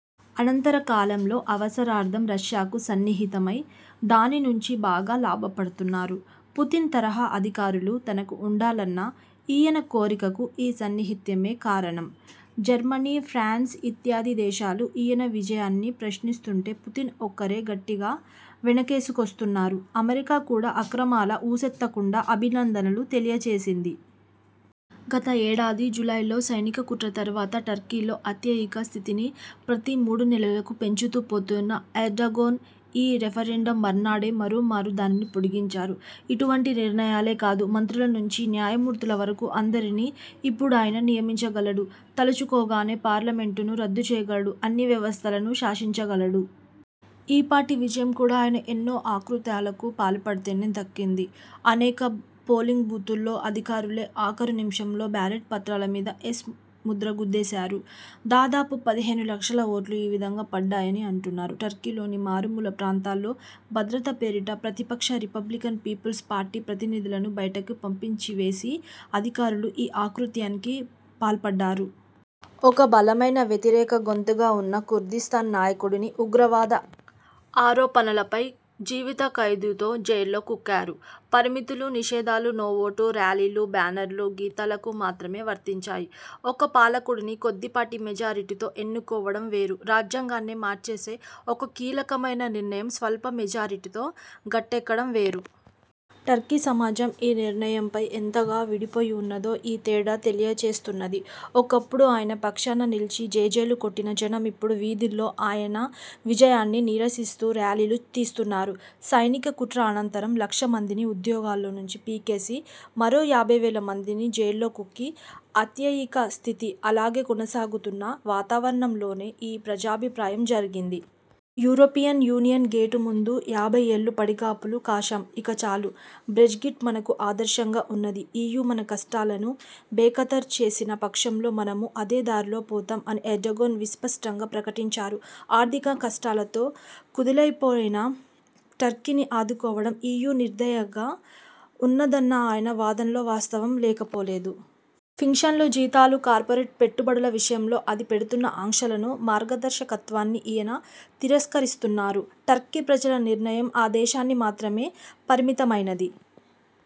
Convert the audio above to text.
అనంతరకాలంలో అవసరార్థం రష్యాకు సన్నిహితమై, దానినుంచి బాగా లాభపడుతున్నారు. పుతిన్ తరహా అధికారులు తనకూ ఉండాలన్న ఈయన కోరికకు ఈ సన్నిహిత్యమే కారణం. జర్మనీ, ఫ్రాన్స్ ఇత్యాది దేశాలు ఈయన విజయాన్ని ప్రశ్నిస్తుంటే పుతిన్ ఒక్కరే గట్టిగా వెనకేసుకొస్తున్నారు. అమెరికా కూడా అక్రమాల ఊసెత్తకుండా అభినందనలు తెలియచేసింది. గత ఏడాది జులైలో సైనిక కుట్ర తరువాత టర్కీలో అత్యయిక స్థితిని ప్రతి మూడునెలలకూ పెంచుతూ పోతున్న ఎర్డగోన్ ఈ రెఫరెండమ్ మర్నాడే మరోమారు దానిని పొడిగించారు. ఇటువంటి నిర్ణయాలే కాదు, మంత్రులనుంచి న్యాయమూర్తుల వరకూ అందరినీ ఇప్పుడాయన నియమించగలడు, తలుచుకోగానే పార్లమెంటును రద్దుచేయగలడు, అన్ని వ్యవస్థలనూ శాసించగలడు. ఈ పాటి విజయం కూడా ఆయన ఎన్నో అకృత్యాలకు పాల్పడితేనే దక్కింది. అనేక పోలింగ్ బూతుల్లో అధికారులే ఆఖరు నిముషంలో బ్యాలెట్ పత్రాలమీద 'యస్' ముద్ర గుద్దేశారు. దాదాపు పదిహేను లక్షల ఓట్లు ఈ విధంగా పడ్డాయని అంటున్నారు. టర్కీలోని మారుమూల ప్రాంతాల్లో భద్రత పేరిట ప్రతిపక్ష రిపబ్లికన్ పీపుల్స్ పార్టీ ప్రతినిధులను బయటకు పంపించివేసి అధికారులు ఈ అకృత్యానికి పాల్పడ్డారు. ఒక బలమైన వ్యతిరేక గొంతుగా ఉన్న కుర్దిస్తాన్ నాయకుడిని ఉగ్రవాద ఆరోపణలపై జీవితఖైదుతో జైల్లో కుక్కారు. పరిమితులూ నిషేధాలు 'నో' ఓటు ర్యాలీలు బ్యానర్లు, గీతాలకు మాత్రమే వర్తించాయి. ఒక పాలకుడిని కొద్దిపాటి మెజారిటీతో ఎన్నుకోవడం వేరు, రాజ్యాంగాన్నే మార్చేసే ఒక కీలకమైన నిర్ణయం స్వల్పమెజారిటీతో గట్టెక్కడం వేరు. టర్కీ సమాజం ఈ నిర్ణయంపై ఎంతగా విడిపోయివున్నదో ఈ తేడా తెలియచేస్తున్నది. ఒకప్పుడు ఆయన పక్షాన నిలిచి జేజేలు కొట్టిన జనం ఇప్పుడు వీధుల్లో ఆయన విజయాన్ని నిరసిస్తూ ర్యాలీలు తీస్తున్నారు. సైనికకుట్ర అనంతరం లక్షమందిని ఉద్యోగాల్లో నుంచి పీకేసి, మరో యాభైవేల మందిని జైల్లో కుక్కి, అత్యయిక స్థితి అలాగే కొనసాగుతున్న వాతావరణంలోనే ఈ ప్రజాభిప్రాయం జరిగింది. 'యూరోపియన్ యూనియన్ గేటు ముందు యాభైయ్యేళ్ళు పడిగాపులు కాశాం. ఇకచాలు, బ్రెగ్జిట్ మనకు ఆదర్శంగా ఉన్నది. ఈయూ మన కష్టాలను బేఖతర్ చేసిన పక్షంలో మనమూ అదేదారిలో పోతాం' అని ఎర్డగోన్ విస్పష్టంగా ప్రకటించారు. ఆర్థిక కష్టాలతో కుదెలైపోయిన టర్కీని ఆదుకోవడంలో ఈయూ నిర్దయగా ఉన్నదన్న ఆయన వాదనలో వాస్తవం లేకపోలేదు. పింఛన్లు, జీతాలు, కార్పొరేట్ పెట్టుబడుల విషయంలో అది పెడుతున్న ఆంక్షలనూ, మార్గదర్శకత్వాన్నీ ఈయన తిరస్కరిస్తున్నారు. టర్కీ ప్రజల నిర్ణయం ఆ దేశాన్ని మాత్రమే పరిమితమైనది